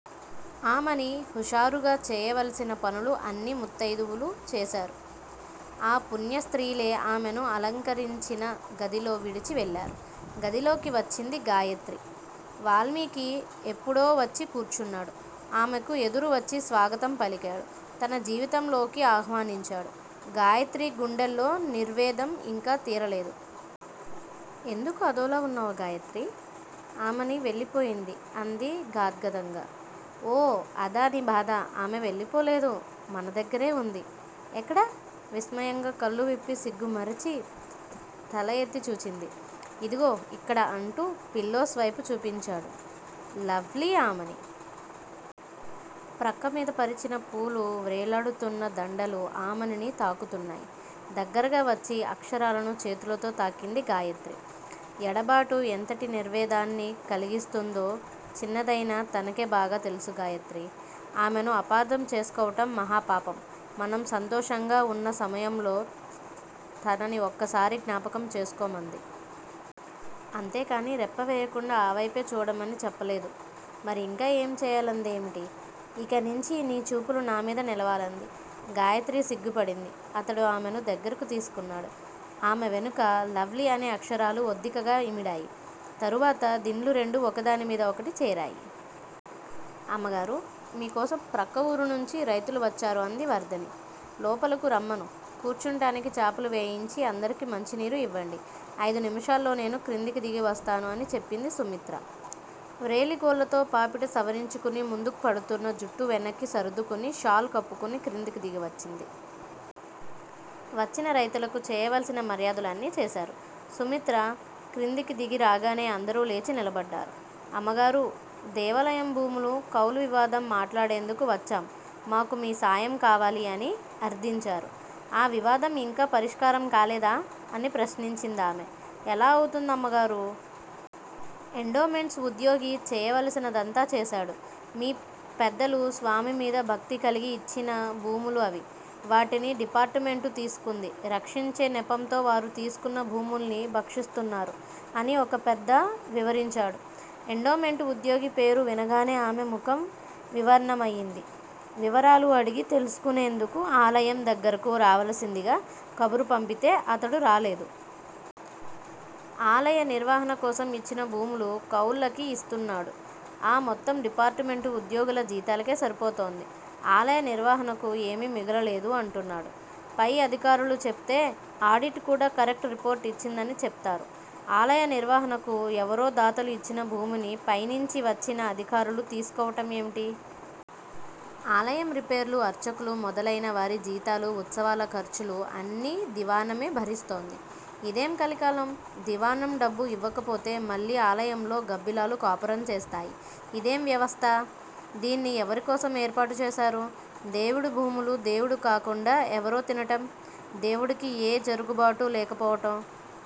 ఆమని హుషారుగా చేయవలసిన పనులు అన్నీ ముత్తయిదువలు చేశారు. ఆ పుణ్య స్త్రీలే ఆమెను అలంకరించిన గదిలో విడచి వెళ్ళారు. గదిలోకి వచ్చింది గాయత్రి. వాల్మీకి ఎప్పుడో వచ్చి కూర్చున్నాడు. ఆమెకు ఎదురు వచ్చి స్వాగతం పలికాడు! తన జీవితంలోకి ఆహ్వానించాడు. గాయత్రి గుండెల్లో నిర్వేదం ఇంకా తీరలేదు. ఎందుకు అదోలా వున్నావు గాయత్రీ! ఆమని వెళ్ళిపోయింది అంది గాద్గదంగా! ఓ అదా నీ బాధ! ఆమె వెళ్ళిపోలేదు మనదగ్గరే వుంది! ఎక్కడ? విస్మయంగా కళ్ళు విప్పి సిగ్గు మరచి తలఎత్తి చూచింది. ఇదిగో ఇక్కడ అంటూ పిల్లోస్ వైపు చూపించాడు. లవ్ లీ ఆమని! ప్రక్కమీద పరచిన పూలు వ్రేలాడుతున్న దండలు ఆమని ని తాకుతున్నాయి. దగ్గరగా వచ్చి అక్షరాలను చేతులతో తాకింది గాయత్రి. ఎడబాటు ఎంతటి నిర్వేదాన్ని కలిగిస్తుందో చిన్నదయినా తనకే బాగా తెలుసు గాయత్రీ! ఆమెను అపార్ధం చేసుకోవటం మహాపాపం! మనం సంతోషంగా వున్న సమయంలో తనని ఒక్కసారి జ్ఞాపకం చేసుకోమంది. అంతేకాని రెప్పవేయకుండా ఆవైపే చూడమని చెప్పలేదు మరి ఇంకా ఏం చేయలందేమిటి? ఇకనించి నీ చూపులు నామీద నిలవాలంది. గాయత్రి సిగ్గుపడింది. అతడు ఆమెను దగ్గరకు తీసుకున్నాడు. ఆమె వెనుక లవ్ లీ అనే అక్షరాలు ఒద్దికగా ఇమిడాయి. తరువాత దిండ్లు రెండు ఒకదానిమీద ఒకటి చేరాయి. అమ్మగారూ! మీకోసం ప్రక్కఊరినుంచి రైతులు వచ్చారు అంది వర్ధని. లోపలకు రమ్మను! కూర్చుంటానికి చాపలు వేయించి అందరికి మంచినీరు ఇవ్వండి. అయిదు నిముషాల్లో నేను క్రిందికి దిగి వస్తాను అని చెప్పింది సుమిత్ర. వ్రేలిగోళ్ళతో పాపిట సవరించుకుని ముందుకు పడుతున్న జుట్టు వెనక్కి సర్దుకుని షాల్ కప్పుకుని క్రిందికి దిగి వచ్చింది. వచ్చిన రైతులకు చేయవలసిన మర్యాదలు అన్నీ చేశారు. సుమిత్ర క్రిందికి దిగి రాగానే అందరూ లేచి నిలబడ్డారు. అమ్మగారూ! దేవాలయం భూములు కౌలువివాదం మాటాడేందుకు వచ్చాం మాకు మీ సాయం కావాలి! అని అర్దించారు. ఆ వివాదం ఇంకా పరిష్కారం కాలేదా? అని ప్రశ్నించిందామె. ఎలా అవుతుంది అమ్మగారూ! ఎండోమెంట్స్ ఉద్యోగి చేయవలసినదంతా చేశాడు. మీ పెద్దలు స్వామిమీద భక్తి కలిగి ఇచ్చిన భూములు అవి! వాటిని డిపార్టుమెంటు తీసుకుంది. రక్షించే నెపంతో వారు తీసుకున్న భూముల్ని భక్షిస్తున్నారు అని ఒక పెద్ద వివరించాడు. ఎండోమెంటు ఉద్యోగి పేరు వినగానే ఆమె ముఖం వివర్ణమయింది. వివరాలు అడిగి తెలుసుకునేందుకు ఆలయం దగ్గరకు రావలసిందిగా కబురు పంపితే అతడు రాలేదు. ఆలయ నిర్వహణకోసం ఇచ్చిన భూములు కౌళ్ళకి యిస్తున్నాడు. ఆ మొత్తం డిపార్టుమెంటు ఉద్యోగుల జీతాలకే సరిపోతోంది. ఆలయ నిర్వహణకు ఏమీ మిగలలేదు అంటున్నాడు. పై అధికారులు చెప్తే ఆడిట్ కూడా కరెక్ట్ రిపోర్ట్ ఇచ్చిందని చెప్తారు. ఆలయ నిర్వహణకు ఎవరో దాతలు ఇచ్చిన భూమిని పైనించి వచ్చిన అధికారులు తీసుకోవటం ఏమిటి? ఆలయం రిపేర్లు అర్చకులు మొదలయిన వారి జీతాలు ఉత్సవాల ఖర్చులు అన్నీ దివాణమే భరిస్తోంది. ఇదేం కలికాలం! దివాణం డబ్బు ఇవ్వకపోతే మళ్ళీ ఆలయంలో గబ్బిలాలు కాపురం చేస్తాయి. ఇదేం వ్యవస్థ! దీన్ని ఎవరికోసం ఏర్పాటుచేశారు. దేవుడి భూములు దేవుడు కాకుండా ఎవరో తినటం, దేవుడికి ఏ జరుగుబాటూ లేకపోవటం!